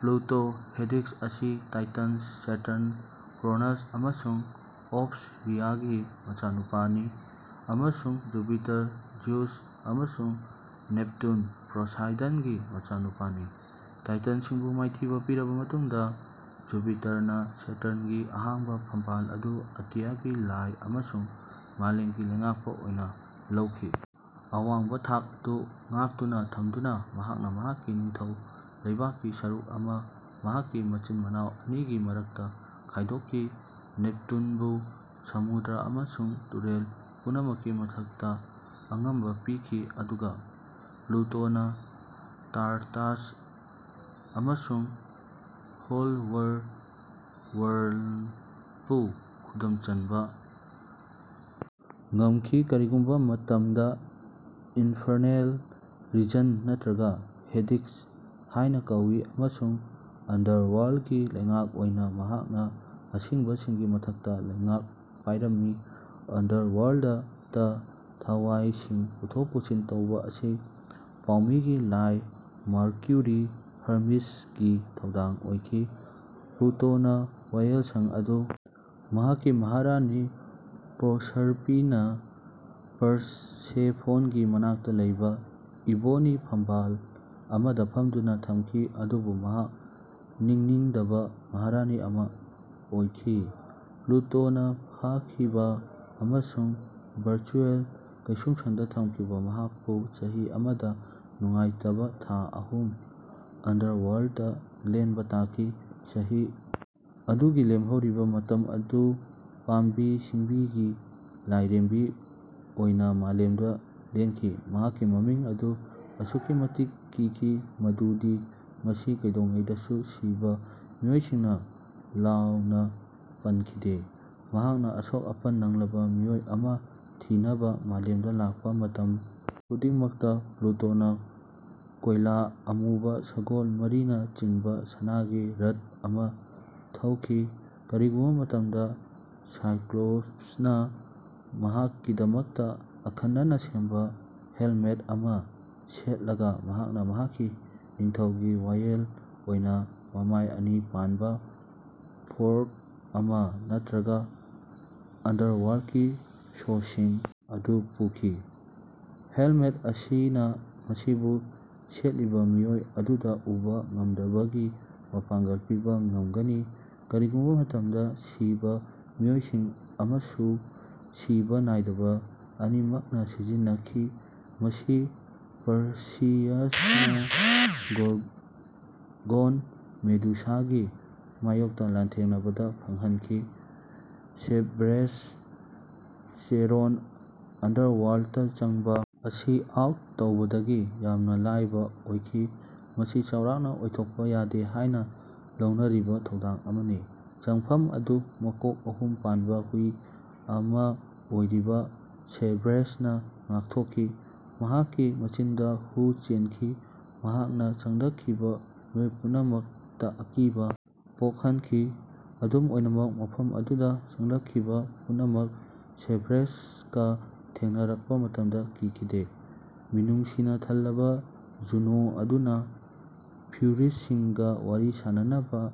Pluto Hades ꯑꯁꯤ Titans Saturn Cronus ꯑꯃꯁꯨꯡ Ops ꯔꯤꯌꯥꯒꯤ ꯃꯆꯥꯅꯨꯄꯥꯅꯤ ꯑꯃꯁꯨꯡ ꯖꯨꯄꯤꯇꯔ ꯖꯤꯎꯁ ꯑꯃꯁꯨꯡ ꯅꯦꯞꯇꯨꯟ ꯄꯣꯁꯥꯏꯗꯟꯒꯤ ꯃꯅꯥꯎꯅꯨꯄꯥꯅꯤ꯫ ꯇꯥꯏꯇꯟꯁꯤꯡꯕꯨ ꯃꯥꯏꯊꯤꯕ ꯄꯤꯔꯕ ꯃꯇꯨꯡꯗ ꯖꯨꯄꯤꯇꯔꯅ ꯁꯦꯇꯔꯟꯒꯤ ꯑꯍꯥꯡꯕ ꯐꯝꯕꯥꯜ ꯑꯗꯨ ꯑꯇꯤꯌꯥꯒꯤ ꯂꯥꯏ ꯑꯃꯁꯨꯡ ꯃꯥꯂꯦꯝꯒꯤ ꯂꯩꯉꯥꯛꯄ ꯑꯣꯏꯅ ꯂꯧꯈꯤ꯫ ꯑꯋꯥꯡꯕ ꯊꯥꯛ ꯑꯗꯨ ꯉꯥꯛꯇꯨꯅ ꯊꯝꯗꯨꯅ ꯃꯍꯥꯛꯅ ꯃꯍꯥꯛꯀꯤ ꯅꯤꯡꯊꯧ ꯂꯩꯕꯥꯛꯀꯤ ꯁꯔꯨꯛ ꯑꯃꯥ ꯃꯍꯥꯛꯀꯤ ꯃꯆꯤꯟ ꯃꯅꯥꯎ ꯑꯅꯤꯒꯤ ꯃꯔꯛꯇ ꯈꯥꯏꯗꯣꯛꯈꯤ ꯅꯦꯞꯇꯨꯟꯕꯨ ꯁꯃꯨꯗ꯭ꯔ ꯑꯃꯁꯨꯡ ꯇꯨꯔꯦꯜ ꯄꯨꯝꯅꯃꯛꯀꯤ ꯃꯊꯛꯇ ꯑꯉꯝꯕ ꯄꯤꯈꯤ ꯑꯗꯨꯒ ꯄ꯭ꯂꯨꯇꯣꯅ ꯇꯥꯔꯇꯥꯔꯁ ꯑꯃꯁꯨꯡ ꯂꯣꯋꯔ ꯋꯔꯜ꯭ꯗꯄꯨ ꯈꯨꯗꯨꯝ ꯆꯟꯕ ꯉꯝꯈꯤ ꯀꯔꯤꯒꯨꯝꯕ ꯃꯇꯝꯗ ꯏꯟꯐꯔꯅꯦꯜ ꯔꯤꯖꯟ ꯅꯠꯇ꯭ꯔꯒ ꯍꯦꯗꯤꯁ ꯍꯥꯏꯅ ꯀꯧꯋꯤ ꯑꯃꯁꯨꯡ ꯑꯟꯗꯔꯋꯥꯔꯜꯗꯀꯤ ꯂꯩꯉꯥꯛꯄ ꯑꯣꯏꯅ ꯃꯍꯥꯛꯅ ꯑꯁꯤꯕꯁꯤꯡꯒꯤ ꯃꯊꯛꯇ ꯂꯩꯉꯥꯛ ꯄꯥꯏꯔꯝꯃꯤ ꯑꯟꯗꯔꯋꯥꯔꯜꯗꯇ ꯊꯋꯥꯏꯁꯤꯡ ꯄꯨꯊꯣꯛ ꯄꯨꯁꯤꯟ ꯇꯧꯕ ꯑꯁꯤ ꯄꯥꯎꯃꯤꯒꯤ ꯂꯥꯏ ꯃꯥꯔꯀ꯭ꯌꯨꯔꯤ ꯍꯔꯃꯤꯁꯒꯤ ꯊꯧꯗꯥꯡ ꯑꯣꯏꯈꯤ꯫ ꯄ꯭ꯂꯨꯇꯣꯅ ꯋꯥꯌꯦꯜꯁꯪ ꯑꯗꯨ ꯃꯍꯥꯛꯀꯤ ꯃꯍꯥꯔꯥꯅꯤ ꯄ꯭ꯔꯣꯁꯔꯄꯤꯅꯥ ꯄꯔꯁꯦꯐꯣꯟꯒꯤ ꯃꯅꯥꯛꯇ ꯂꯩꯕ ꯏꯕꯣꯅꯤ ꯐꯝꯕꯥꯜ ꯑꯃꯗ ꯐꯝꯗꯨꯅ ꯊꯝꯈꯤ ꯑꯗꯨꯕꯨ ꯃꯍꯥꯛ ꯅꯤꯡꯅꯤꯡꯗꯕ ꯃꯍꯥꯔꯥꯅꯤ ꯑꯃ ꯑꯣꯏꯈꯤ꯫ ꯄ꯭ꯂꯨꯇꯣꯅ ꯐꯥꯈꯤꯕ ꯑꯃꯁꯨꯡ ꯚꯔꯆꯨꯑꯦꯜ ꯀꯩꯁꯨꯝꯁꯪꯗ ꯊꯝꯈꯤꯕ ꯃꯍꯥꯛꯄꯨ ꯆꯍꯤ ꯑꯃꯗ ꯅꯨꯡꯉꯥꯏꯇꯕ ꯊꯥ ꯑꯍꯨꯝ ꯑꯟꯗꯔꯋꯥꯔꯜꯗꯇ ꯂꯦꯟꯕ ꯇꯥꯈꯤ꯫ ꯆꯍꯤ ꯑꯗꯨꯒꯤ ꯂꯦꯝꯍꯧꯔꯤꯕ ꯃꯇꯝ ꯑꯗꯨ ꯄꯥꯝꯕꯤ ꯁꯤꯡꯕꯤꯒꯤ ꯂꯥꯏꯔꯦꯝꯕꯤ ꯑꯣꯏꯅ ꯃꯥꯂꯦꯝꯗ ꯂꯦꯟꯈꯤ꯫ ꯃꯍꯥꯛꯀꯤ ꯃꯃꯤꯡ ꯑꯗꯨ ꯑꯁꯨꯛꯀꯤ ꯃꯇꯤꯛ ꯀꯤꯈꯤ ꯃꯗꯨꯗꯤ ꯃꯁꯤ ꯀꯩꯗꯧꯉꯩꯗꯁꯨ ꯁꯤꯕ ꯃꯤꯑꯣꯏꯁꯤꯡꯅ ꯂꯥꯎꯅ ꯄꯟꯈꯤꯗꯦ꯫ ꯃꯍꯥꯛꯅ ꯑꯁꯣꯛ ꯑꯄꯟ ꯅꯪꯂꯕ ꯃꯤꯑꯣꯏ ꯑꯃ ꯊꯤꯅꯕ ꯃꯥꯂꯦꯝꯗ ꯂꯥꯛꯄ ꯃꯇꯝ ꯈꯨꯗꯤꯡꯃꯛꯇ ꯄ꯭ꯂꯨꯇꯣꯅ ꯀꯣꯏꯂꯥ ꯑꯃꯨꯕ ꯁꯒꯣꯜ ꯃꯔꯤꯅ ꯆꯤꯡꯕ ꯁꯅꯥꯒꯤ ꯔꯊ ꯑꯃꯗ ꯊꯧꯈꯤ꯫ ꯀꯔꯤꯒꯨꯝꯕ ꯃꯇꯝꯗ ꯁꯥꯏꯀ꯭ꯂꯣꯞꯁꯅ ꯃꯍꯥꯛꯀꯤꯗꯃꯛꯇ ꯑꯈꯟꯅꯅ ꯁꯦꯝꯕ ꯍꯦꯜꯃꯦꯠ ꯑꯃ ꯁꯦꯠꯂꯒ ꯃꯍꯥꯛꯅ ꯃꯍꯥꯛꯀꯤ ꯅꯤꯡꯊꯧꯒꯤ ꯋꯥꯌꯦꯜ ꯑꯣꯏꯅ ꯃꯃꯥꯏ ꯑꯅꯤ ꯄꯥꯟꯕ ꯐꯣꯔ꯭ꯛ ꯑꯃ ꯅꯠꯇ꯭ꯔꯒ ꯑꯟꯗꯔꯋꯥꯔꯜꯗꯀꯤ ꯁꯣꯁꯤꯡ ꯑꯗꯨ ꯄꯨꯈꯤ꯫ ꯍꯦꯜꯃꯦꯠ ꯑꯁꯤꯅ ꯃꯁꯤꯕꯨ ꯁꯦꯠꯂꯤꯕ ꯃꯤꯑꯣꯏ ꯑꯗꯨꯗ ꯎꯕ ꯉꯝꯗꯕꯒꯤ ꯃꯄꯥꯡꯒꯜ ꯄꯤꯕ ꯉꯝꯒꯅꯤ꯫ ꯀꯔꯤꯒꯨꯝꯕ ꯃꯇꯝꯗ ꯁꯤꯕ ꯃꯤꯑꯣꯏꯁꯤꯡ ꯑꯃꯁꯨꯡ ꯁꯤꯕ ꯅꯥꯏꯗꯕ ꯑꯅꯤꯃꯛꯅ ꯁꯤꯖꯤꯟꯅꯈꯤ ꯃꯁꯤ ꯄꯔꯁꯤꯌꯁꯅ ꯒꯣꯔꯒꯣꯟ ꯃꯦꯗꯨꯁꯥꯒꯤ ꯃꯥꯌꯣꯛꯇ ꯂꯥꯟꯊꯦꯡꯅꯕꯗ ꯐꯪꯍꯟꯈꯤ꯫ ꯁꯦꯔꯕꯦꯔꯁ ꯆꯦꯔꯣꯟ ꯑꯟꯗꯔꯋꯥꯔꯜ꯭ꯗꯇ ꯆꯪꯕ ꯑꯁꯤ ꯑꯥꯎꯠ ꯇꯧꯕꯗꯒꯤ ꯌꯥꯝꯅ ꯂꯥꯏꯕ ꯑꯣꯏꯈꯤ ꯃꯁꯤ ꯆꯥꯎꯔꯥꯛꯅ ꯑꯣꯏꯊꯣꯛꯄ ꯌꯥꯗꯦ ꯍꯥꯏꯅ ꯂꯧꯅꯔꯤꯕ ꯊꯧꯗꯥꯡ ꯑꯃꯅꯤ꯫ ꯆꯪꯐꯝ ꯑꯗꯨ ꯃꯀꯣꯛ ꯑꯍꯨꯝ ꯄꯥꯟꯕ ꯍꯨꯏ ꯑꯃ ꯑꯣꯏꯔꯤꯕ ꯁꯦꯔꯕꯦꯔꯁꯅ ꯉꯥꯛꯊꯣꯛꯈꯤ ꯃꯍꯥꯛꯀꯤ ꯃꯆꯤꯟꯗ ꯍꯨ ꯆꯦꯟꯈꯤ ꯃꯍꯥꯛꯅ ꯆꯪꯂꯛꯈꯤꯕ ꯃꯤꯑꯣꯏ ꯄꯨꯝꯅꯃꯛꯇ ꯑꯀꯤꯕ ꯄꯣꯛꯍꯟꯈꯤ꯫ ꯑꯗꯨꯝ ꯑꯣꯏꯅꯃꯛ ꯃꯐꯝ ꯑꯗꯨꯗ ꯆꯪꯂꯛꯈꯤꯕ ꯄꯨꯝꯅꯃꯛ ꯁꯦꯔꯕꯦꯔꯁꯀ ꯊꯦꯡꯅꯔꯛꯄ ꯃꯇꯝꯗ ꯀꯤꯈꯤꯗꯦ꯫ ꯃꯤꯅꯨꯡꯁꯤꯅ ꯊꯜꯂꯕ ꯖꯨꯅꯣ ꯑꯗꯨꯅ ꯐ꯭ꯌꯨꯔꯤꯁꯤꯡꯒ ꯋꯥꯔꯤ ꯁꯥꯅꯅꯕ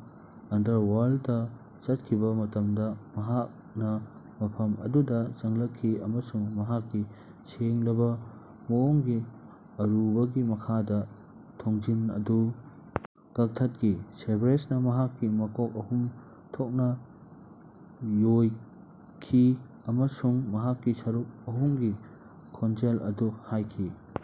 ꯑꯟꯗꯔꯋꯥꯔꯜꯗꯇ ꯆꯠꯈꯤꯕ ꯃꯇꯝꯗ ꯃꯍꯥꯛꯅ ꯃꯐꯝ ꯑꯗꯨꯗ ꯆꯪꯂꯛꯈꯤ ꯑꯃꯁꯨꯡ ꯃꯍꯥꯛꯀꯤ ꯁꯦꯡꯂꯕ ꯃꯑꯣꯡꯒꯤ ꯑꯔꯨꯝꯕꯒꯤ ꯃꯈꯥꯗ ꯊꯣꯡꯖꯤꯟ ꯑꯗꯨ ꯀꯛꯊꯠꯈꯤ꯫ ꯁꯦꯔꯕꯦꯔꯁꯅ ꯃꯍꯥꯛꯀꯤ ꯃꯀꯣꯛ ꯑꯍꯨꯝ ꯊꯣꯛꯅ ꯌꯣꯛꯈꯤ ꯑꯃꯁꯨꯡ ꯃꯍꯥꯛꯀꯤ ꯁꯔꯨꯛ ꯑꯍꯨꯝꯒꯤ ꯈꯣꯟꯖꯦꯜ ꯑꯗꯨ ꯍꯥꯏꯈꯤ꯫